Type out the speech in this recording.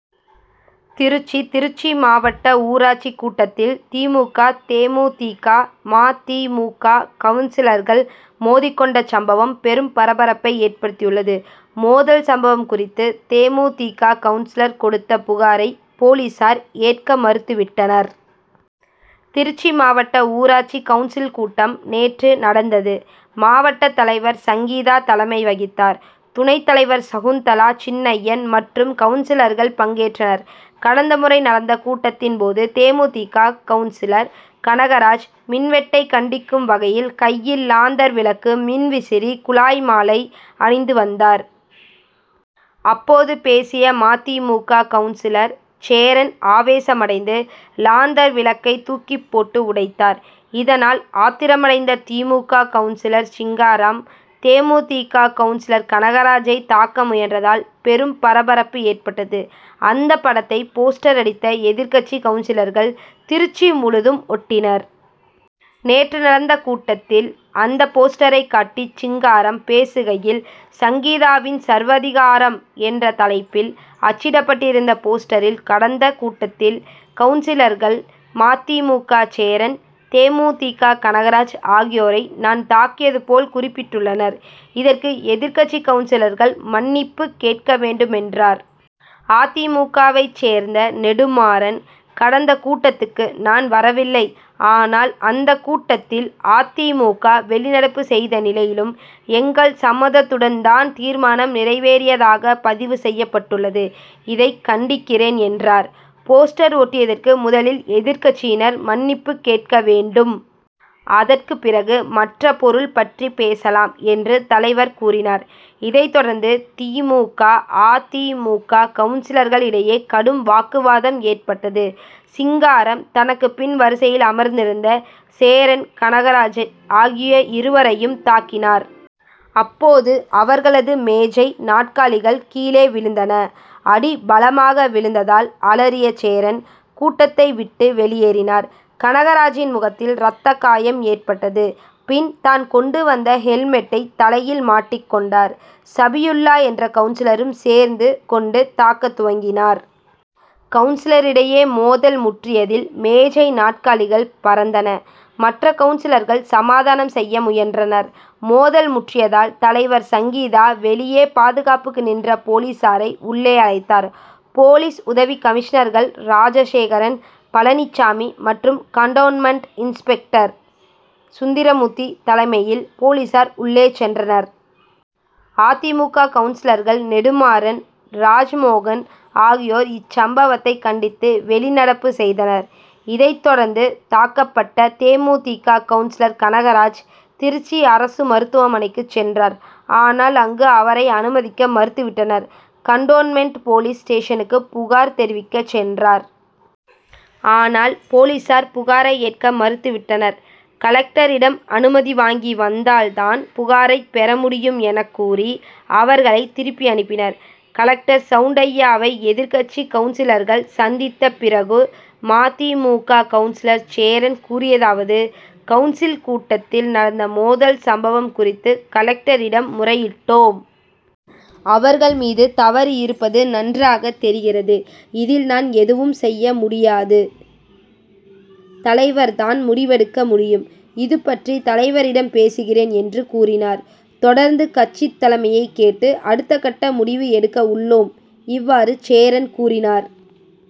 திருச்சி திருச்சி மாவட்ட ஊராட்சி கூட்டத்தில், தி. மு. க., தே. மு. தி. க., ம. தி. மு. க., கவுன்சிலர்கள் மோதிக் கொண்ட சம்பவம், பெரும் பரபரப்பை ஏற்படுத்தியுள்ளது. மோதல் சம்பவம் குறித்து, தே. மு. தி. க., கவுன்சிலர் கொடுத்த புகாரை, போலீசார் ஏற்க மறுத்து விட்டனர். திருச்சி மாவட்ட ஊராட்சி கவுன்சில் கூட்டம் நேற்று நடந்தது. மாவட்டத் தலைவர் சங்கீதா தலைமை வகித்தார். துணைத் தலைவர் சகுந்தலா சின்னையன் மற்றும் கவுன்சிலர்கள் பங்கேற்றனர். கடந்த முறை நடந்த கூட்டத்தின் போது, தே. மு. தி. க., கவுன்சிலர் கனகராஜ், மின்வெட்டை கண்டிக்கும் வகையில் கையில் லாந்தர் விளக்கு, மின்விசிறி, குழாய் மாலை அணிந்து வந்தார். அப்போது, பேசிய ம. தி. மு. க., கவுன்சிலர் சேரன் ஆவேசமடைந்து, லாந்தர் விளக்கை தூக்கி போட்டு உடைத்தார். இதனால், ஆத்திரமடைந்த தி. மு. க., கவுன்சிலர் சிங்காரம், தே. மு. தி. க., கவுன்சிலர் கனகராஜை தாக்க முயன்றதால், பெரும் பரபரப்பு ஏற்பட்டது. அந்த படத்தை போஸ்டர் அடித்த, எதிர்க்கட்சி கவுன்சிலர்கள், திருச்சி முழுதும் ஒட்டினர். நேற்று நடந்த கூட்டத்தில், அந்த போஸ்டரை காட்டி சிங்காரம் பேசுகையில், சங்கீதாவின் சர்வாதிகாரம்' என்ற தலைப்பில் அச்சிடப்பட்டிருந்த போஸ்டரில், கடந்த கூட்டத்தில், கவுன்சிலர்கள் ம. தி. மு. க., சேரன், தே. மு. தி. க., கனகராஜ் ஆகியோரை நான் தாக்கியது போல் குறிப்பிட்டுள்ளனர். இதற்கு எதிர்க்கட்சி கவுன்சிலர்கள் மன்னிப்புக் கேட்க வேண்டும் என்றார். அ. தி. மு. க.,வைச் சேர்ந்த நெடுமாறன், கடந்த கூட்டத்துக்கு நான் வரவில்லை. ஆனால், அந்த கூட்டத்தில் அ. தி. மு. க., வெளிநடப்பு செய்த நிலையிலும், எங்கள் சம்மதத்துடன் தான் தீர்மானம் நிறைவேறியதாக பதிவு செய்யப்பட்டுள்ளது இதை கண்டிக்கிறேன்,'' என்றார். போஸ்டர் ஒட்டியதற்கு முதலில் எதிர்க்கட்சியினர் மன்னிப்பு கேட்க வேண்டும். அதற்கு பிறகு மற்ற பொருள் பற்றி பேசலாம், என்று, தலைவர் கூறினார். இதைத் தொடர்ந்து தி. மு. க., அ. தி. மு. க., கவுன்சிலர்கள் இடையே கடும் வாக்குவாதம் ஏற்பட்டது. சிங்காரம், தனக்கு பின் வரிசையில் அமர்ந்திருந்த சேரன், கனகராஜ் ஆகிய இருவரையும் தாக்கினார். அப்போது அவர்களது மேஜை, நாற்காலிகள் கீழே விழுந்தன. அடி பலமாக விழுந்ததால், அலறிய சேரன், கூட்டத்தை விட்டு வெளியேறினார். கனகராஜின் முகத்தில் ரத்த காயம் ஏற்பட்டது. பின், தான் கொண்டு வந்த, ஹெல்மெட்டை தலையில் மாட்டிக் கொண்டார். சபியுல்லா என்ற கவுன்சிலரும் சேர்ந்து கொண்டு தாக்கத் துவங்கினார். கவுன்சிலரிடையே மோதல் முற்றியதில் மேஜை, நாற்காலிகள் பறந்தன. மற்ற கவுன்சிலர்கள் சமாதானம் செய்ய முயன்றனர். மோதல் முற்றியதால், தலைவர் சங்கீதா, வெளியே பாதுகாப்புக்கு நின்ற போலீசாரை உள்ளே அழைத்தார். போலீஸ் உதவி கமிஷனர்கள் ராஜசேகரன், பழனிசாமி மற்றும் கன்டோன்மென்ட் இன்ஸ்பெக்டர் சுந்தரமூர்த்தி தலைமையில், போலீசார் உள்ளே சென்றனர். அ. தி. மு. க., கவுன்சிலர்கள் நெடுமாறன், ராஜ்மோகன் ஆகியோர், இச்சம்பவத்தை கண்டித்து வெளிநடப்பு செய்தனர். இதைத் தொடர்ந்து தாக்கப்பட்ட தே. மு. தி. க., கவுன்சிலர் கனகராஜ் திருச்சி அரசு மருத்துவமனைக்குச் சென்றார். ஆனால், அங்கு அவரை அனுமதிக்க மறுத்துவிட்டனர். கன்டோன்மென்ட் போலீஸ் ஸ்டேஷனுக்கு புகார் தெரிவிக்கச் சென்றார். ஆனால், போலீசார் புகாரை ஏற்க மறுத்துவிட்டனர். கலெக்டரிடம் அனுமதி வாங்கி வந்தால் தான் புகாரை பெறமுடியும்' எனக் கூறி, அவர்களை திருப்பியனுப்பினர். கலெக்டர் சவுண்டையாவை எதிர்க்கட்சி கவுன்சிலர்கள் சந்தித்த பிறகு ம. தி. மு. க., கவுன்சிலர் சேரன் கூறியதாவது கவுன்சில் கூட்டத்தில் நடந்த மோதல் சம்பவம் குறித்து கலெக்டரிடம் முறையிட்டோம். அவர்கள் மீது தவறு இருப்பது நன்றாக தெரிகிறது. இதில், நான் எதுவும் செய்ய முடியாது. தலைவர் தான் முடிவெடுக்க முடியும். இதுபற்றி தலைவரிடம் பேசுகிறேன்' என்று கூறினார். தொடர்ந்து கட்சித் தலைமையைக் கேட்டு அடுத்தக்கட்ட முடிவு எடுக்க உள்ளோம். இவ்வாறு சேரன் கூறினார்.